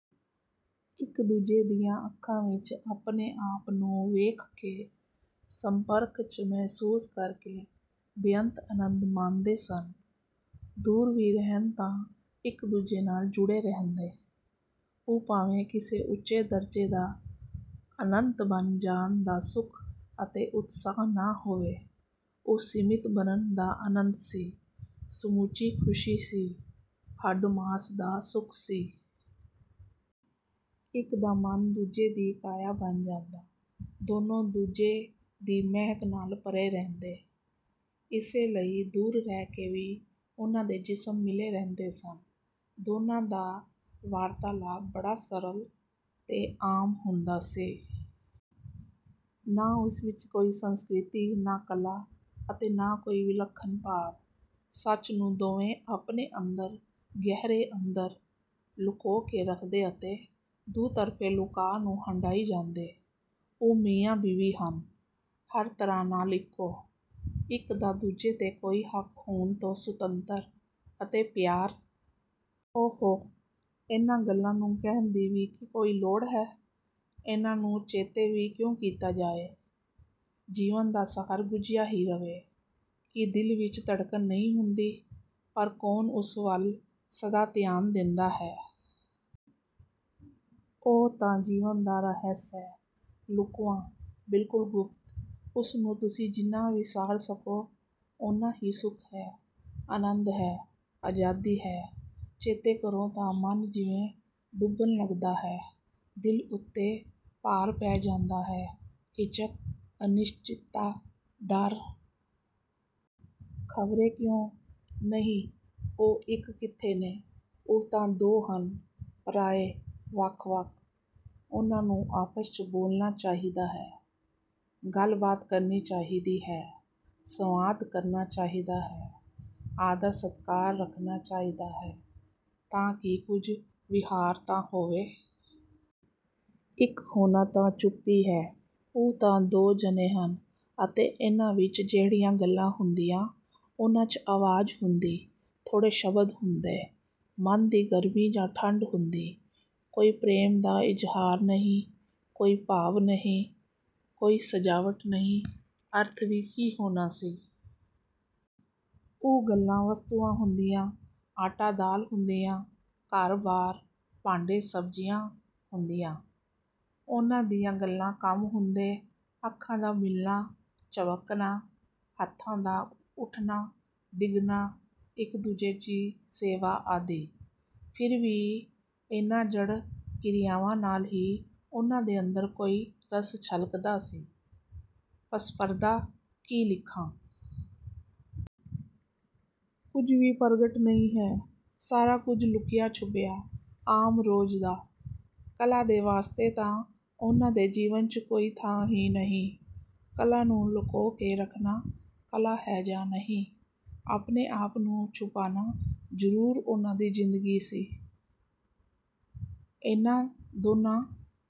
ਇੱਕ-ਦੂਜੇ ਦੀਆਂ ਅੱਖਾਂ ਵਿੱਚ ਆਪਣੇ-ਆਪ ਨੂੰ ਵੇਖ ਕੇ, ਸੰਪਰਕ 'ਚ ਮਹਿਸੂਸ ਕਰਕੇ ਬੇਅੰਤ ਅਨੰਦ ਮਾਣਦੇ ਸਨ। ਦੂਰ ਵੀ ਰਹਿਣ ਤਾਂ ਇੱਕ-ਦੂਜੇ ਨਾਲ ਜੁੜੇ ਰਹਿੰਦੇ। ਉਹ ਭਾਵੇਂ ਕਿਸੇ ਉੱਚੇ ਦਰਜੇ ਦਾ ਅਨੰਤ ਬਣ ਜਾਣ ਦਾ ਸੁੱਖ ਅਤੇ ਉਤਸ਼ਾਹ ਨਾ ਹੋਵੇ, ਉਹ ਸੀਮਿਤ ਬਣਨ ਦਾ ਅਨੰਦ ਸੀ, ਸਮੁਚੀ ਖੁਸ਼ੀ ਸੀ, ਹੱਡ-ਮਾਸ ਦਾ ਸੁੱਖ ਸੀ! ਇੱਕ ਦਾ ਮਨ ਦੂਜੇ ਦੀ ਕਾਇਆ ਬਣ ਜਾਂਦਾ, ਦੋਨੋ ਦੂਜੇ ਦੀ ਮਹਿਕ ਨਾਲ ਭਰੇ ਰਹਿੰਦੇ, ਇਸੇ ਲਈ ਦੂਰ ਰਹਿਕੇ ਵੀ ਉਨ੍ਹਾਂ ਦੇ ਜਿਸਮ ਮਿਲੇ ਰਹਿੰਦੇ ਸਨ। ਦੋਨਾਂ ਦਾ ਵਾਰਤਾਲਾਪ ਬੜਾ ਸਰਲ 'ਤੇ ਆਮ ਹੁੰਦਾ ਸੀ। ਨਾ ਉਸ ਵਿੱਚ ਕੋਈ ਸੰਸਕ੍ਰਿਤੀ, ਨਾ ਕਲਾ ਅਤੇ ਨਾ ਕੋਈ ਵਿਲੱਖਣ ਭਾਵ! ਸੱਚ ਨੂੰ ਦੋਵੇਂ ਆਪਣੇ ਅੰਦਰ, ਗਹਿਰੇ ਅੰਦਰ, ਲੁਕੋ ਕੇ ਰੱਖਦੇ ਅਤੇ ਇਸ ਦੁਤਰਫ਼ੇ ਲੁਕਾਅ ਨੂੰ ਹੰਢਾਈ ਜਾਂਦੇ। ਉਹ ਮੀਆਂ-ਬੀਵੀ ਹਨ, ਹਰ ਤਰ੍ਹਾਂ ਨਾਲ ਇੱਕੋ, ਇੱਕ ਦਾ ਦੂਜੇ 'ਤੇ ਕੋਈ ਹੱਕ ਹੋਣ ਤੋਂ ਸੁਤੰਤਰ, ਅਤੇ ਪਿਆਰ? ਓਹੋ! ਇਨਾ ਗੱਲਾਂ ਨੂੰ ਕਹਿਣ ਦੀ ਵੀ ਕੋਈ ਲੋੜ ਹੈ? ਇੰਨਾ ਨੂੰ ਚੇਤੇ ਵੀ ਕਿਓਂ ਕੀਤਾ ਜਾਏ? ਜੀਵਨ ਦਾ ਸਾਰ ਗੁਝਿਆ ਹੀ ਰਵੇ। ਕੀ ਦਿਲ ਵਿੱਚ ਧੜਕਣ ਨਹੀਂ ਹੁੰਦੀ? ਪਰ ਕੌਣ ਉਸ ਵੱਲ ਸਦਾ ਧਿਆਨ ਦਿੰਦਾ ਹੈ? ਉਹ ਤਾਂ ਜੀਵਨ ਦਾ ਰਹਿਸ ਹੈ; ਲੁਕਵਾਂ, ਬਿਲਕੁਲ ਗੁਪਤ। ਉਸਨੂੰ ਤੁਸੀ ਜਿੰਨਾ ਵਿਸਾਰ ਸਕੋ ਉਨ੍ਹਾਂ ਹੀ ਸੁੱਖ ਹੈ, ਅਨੰਦ ਹੈ, ਆਜ਼ਾਦੀ ਹੈ। ਚੇਤੇ ਕਰੋ ਤਾਂ ਮਨ ਜਿਵੇਂ ਡੁੱਬਣ ਲੱਗਦਾ ਹੈ, ਦਿਲ ਉੱਤੇ ਭਾਰ ਪੈ ਜਾਂਦਾ ਹੈ, ਹਿਚਕ, ਅਨਿਸ਼ਚਿਤਤਾ, ਡਰ... ਖਵਰੇ ਕਿਓਂ। ਨਹੀਂ, ਉਹ ਇੱਕ ਕਿੱਥੇ ਨੇ, ਉਹ ਤਾਂ ਦੋ ਹਨ, ਪਰਾਏ, ਵੱਖ-ਵੱਖ, ਉਨ੍ਹਾਂ ਨੂੰ ਆਪਸ 'ਚ ਬੋਲਣਾ ਚਾਹਿਦਾ ਹੈ, ਗੱਲ-ਬਾਤ ਕਰਨੀ ਚਾਹਿਦੀ ਹੈ, ਸੰਵਾਦ ਕਰਨਾ ਚਾਹਿਦਾ ਹੈ, ਆਦਰ-ਸਤਿਕਾਰ ਰੱਖਣਾ ਚਾਹਿਦਾ ਹੈ, ਤਾ ਕਿ ਕੁੱਝ ਵਿਹਾਰ ਤਾਂ ਹੋਵੇ। ਇੱਕ ਹੋਣਾ ਤਾਂ ਚੁੱਪੀ ਹੈ, ਉਹ ਤਾਂ ਦੋ ਜਣੇ ਹਨ ਅਤੇ ਇੰਨਾਂ ਵਿੱਚ ਜਿਹੜੀਆਂ ਗੱਲਾਂ ਹੁੰਦੀਆਂ, ਉਨ੍ਹਾਂ 'ਚ ਅਵਾਜ਼ ਹੁੰਦੀ, ਥੋੜੇ ਸ਼ਬਦ ਹੁੰਦੇ, ਮਨ ਦੀ ਗਰਮੀ ਜਾਂ ਠੰਡ ਹੁੰਦੀ। ਕੋਈ ਪ੍ਰੇਮ ਦਾ ਇਜ਼ਹਾਰ ਨਹੀਂ, ਕੋਈ ਭਾਵ ਨਹੀਂ, ਕੋਈ ਸਜਾਵਟ ਨਹੀਂ, ਅਰਥ ਵੀ ਕੀ ਹੋਣਾ ਸੀ? ਉਹ ਗੱਲਾਂ ਵਸਤੁਆਂ ਹੁੰਦੀਆਂ, ਆਟਾ-ਦਾਲ ਹੁੰਦੀਆਂ, ਘਰਬਾਰ, ਭਾਂਡੇ-ਸਬਜ਼ੀਆਂ ਹੁੰਦੀਆਂ। ਉਨ੍ਹਾਂ ਦੀਆਂ ਗੱਲਾਂ ਕੰਮ ਹੁੰਦੇ, ਅੱਖਾਂ ਦਾ ਮਿਲਣਾ, ਝਪਕਣਾ, ਹੱਥਾਂ ਦਾ ਉੱਠਣਾ-ਡਿੱਗਣਾ, ਇੱਕ-ਦੂਜੇ ਦੀ ਸੇਵਾ ਆਦਿ। ਫਿਰ ਵੀ, ਇੰਨਾ ਜੜ ਕਿਰਿਆਵਾਂ ਨਾਲ ਵੀ ਉਨ੍ਹਾਂ ਦੇ ਅੰਦਰ ਕੋਈ ਰਸ ਛਲਕਦਾ ਸੀ, ਪਸਪਰਦਾ ਕੀ ਲਿਖਾਂ? ਕੁੱਝ ਵੀ ਪਰਗਟ ਨਹੀਂ ਹੈ, ਸਾਰਾ ਕੁੱਝ ਲੁੱਕਿਆ-ਛੁੱਪਿਆ, ਆਮ, ਰੋਜ਼ ਦਾ। ਕਲਾ ਦੇ ਵਾਸਤੇ ਤਾਂ ਉਹਨਾਂ ਦੇ ਜੀਵਨ 'ਚ ਕੋਈ ਥ੍ਹਾਂ ਹੀ ਨਹੀਂ! ਕਲਾ ਨੂੰ ਲੁਕੋਕੇ ਰੱਖਣਾ ਕਲਾ ਹੈ ਜਾਂ ਨਹੀਂ, ਆਪਣੇ-ਆਪ ਨੂੰ ਛੁਪਾਣਾ ਜ਼ਰੂਰ ਉਨ੍ਹਾਂ ਦੀ ਜ਼ਿੰਦਗੀ ਸੀ। ਇੰਨਾ ਦੋਨਾਂ